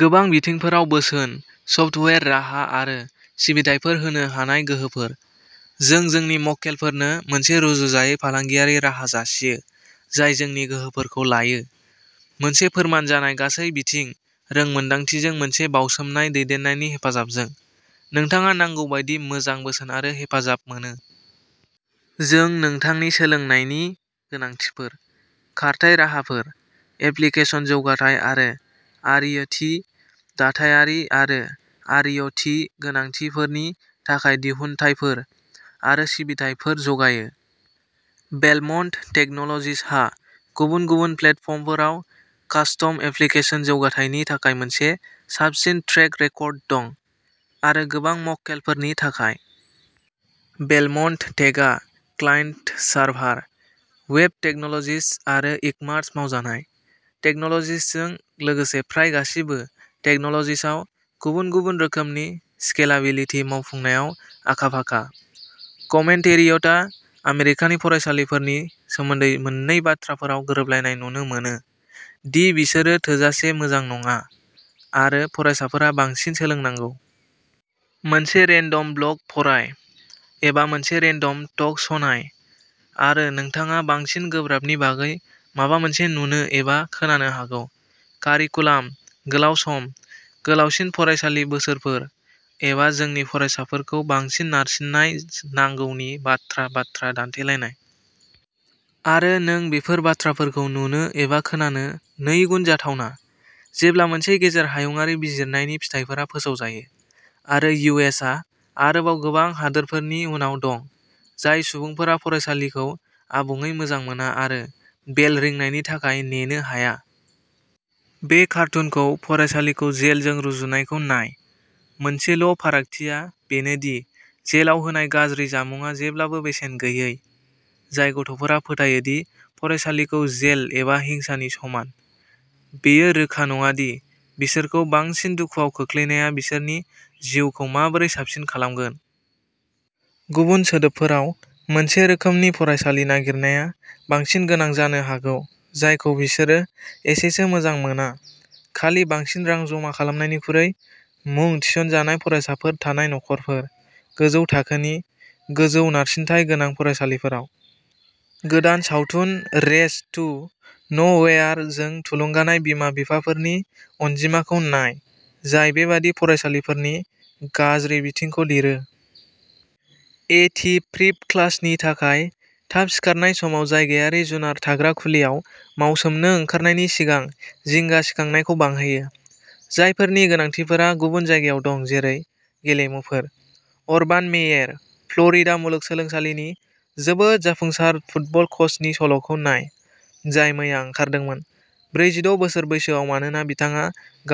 गोबां बिथिंफोराव बोसोन, सफ्टवेयार राहा आरो सिबिथायफोर होनो हानाय गोहोफोर। जों जोंनि मक्केलफोरनो मोनसे रुजुजायै फालांगियारि राहा जासियो जाय जोंनि गोहोफोरखौ लायो। मोनसे फोरमान जानाय गासै बिथिं रोंमोन्दांथिजों मोनसे बाउसोमनाय दैदेननायनि हेफाजाबजों, नोंथाङा नांगौ बायदि मोजां बोसोन आरो हेफाजाब मोनो। जों नोंथांनि सोलोंनायनि गोनांथिफोर, खारथाइ राहाफोर, एप्लिकेसन जौगाथाय आरो आईटी दाथायारि आरो आइअटी गोनांथिफोरनि थाखाय दिहुनथायफोर आरो सिबिथाइफोर जगायो। बेलमन्ट टेक्न'ल'जिजहा गुबुन-गुबुन प्लेटफर्मफोराव कास्टम एप्लिकेशन जौगाथायनि थाखाय मोनसे साबसिन ट्रेक रेकर्ड दं, आरो गोबां मक्केलफोरनि थाखाय। बेलमन्ट टेकआ क्लायन्ट सार्भार, वेब टेक्न'ल'जिज आरो इकमार्स-मावजानाय टेक्न'ल'जिजजों लोगोसे प्राय गासिबो टेक्न'ल'जिजआव गुबुन-गुबुन रोखोमनि स्केलाबिलिटि मावफुंनायाव आखा-फाखा। कमेन्टेरियेटआ आमेरिकानि फरायसालिफोरनि सोमोन्दै मोननै बाथ्राफोराव गोरोबलायनाय नुनो मोनोः दि बिसोरो थोजासे मोजां नङा आरो फरायसाफोरा बांसिन सोलोंनांगौ। मोनसे रेन्डम ब्लग फराय एबा मोनसे रेन्डम टक श'नाय आरो नोंथाङा बांसिन गोब्राबनि बागै माबा मोनसे नुनो एबा खोनानो हागौ। कारिकुलाम, गोलाव सम, गोलावसिन फरायसालि बोसोरफोर, एबा जोंनि फरायसाफोरखौ बांसिन नारसिन्नाय नांगौनि बाथ्रा बाथ्रा दान्थेलायनाय। आरो नों बेफोर बाथ्राफोरखौ नुनो एबा खोनानो नैगुन जाथावना जेब्ला मोनसे गेजेर हायुंआरि बिजिरनायनि फिथायफोरा फोसावजायो आरो इउ एस आ आरोबाव गोबां हादोरफोरनि उनाव दं। जाय सुबुंफोरा फरायसालिखौ आबुङै मोजां मोना आरो बेल रिंनायनि थाखाय नेनो हाया। बे कार्टुनखौ फरायसालिखौ जेलजों रुजुनायखौ नाय मोनसेल'फारागथिआ बेनो दि जेलाव होनाय गाज्रि जामुंआ जेब्लाबो बेसेन गैयै। जाय गथ'फोरा फोथायो दि फरायसालिखौ जेल एबा हिंसानि समान, बेयो रोखा नङा दि बिसोरखौ बांसिन दुखुआव खोख्लैनाया बिसोरनि जिउखौ माबोरै साबसिन खालामगोन। गुबुन सोदोबफोराव, मोनसे रोखोमनि फरायसालि नागिरनाया बांसिन गोनां जानो हागौ जायखौ बिसोरो एसेसो मोजां मोना खालि बांसिन रां जमा खालामनायनिखुरै। मुं थिसनजानाय फरायसाफोर थानाय नखरफोर। गोजौ थाखोनि, गोजौ नारसिनथाय गोनां फरायसालिफोराव। गोदान सावथुन रेस टु न'वेयार जों थुलुंगानाय बिमा-बिफाफोरनि अनजिमाखौ नाय, जाय बेबादि फरायसालिफोरनि गाज्रि बिथिंखौ लिरो। ए टि प्रिप क्लासनि थाखाय थाब सिखारनाय समाव जायगायारि जुनार थाग्रा खुलियाव मावसोमनो ओंखारनायनि सिगां जिंगा सिखांनायखौ बांहोयो। जायफोरनि गोनांथिफोरा गुबुन जायगायाव दं-जेरै गेलेमुफोर। अरबान मेयेर, फ्ल'रिडा मुलुगसोलोंसालिनि जोबोद जाफुंसार फुटबल कचनि सल'खौ नाय, जाय मैया ओंखारदोंमोन ब्रैजिद' बोसोर बैसोआव-मानोना बिथाङा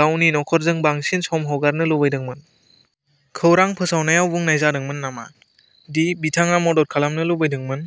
गावनि नखरजों बांसिन सम हगारनो लुबैदोंमोन। खौरां फोसावनायाव बुंनाय जादोंमोन नामा दि बिथाङा मदद खालामनो लुबैदोंमोन?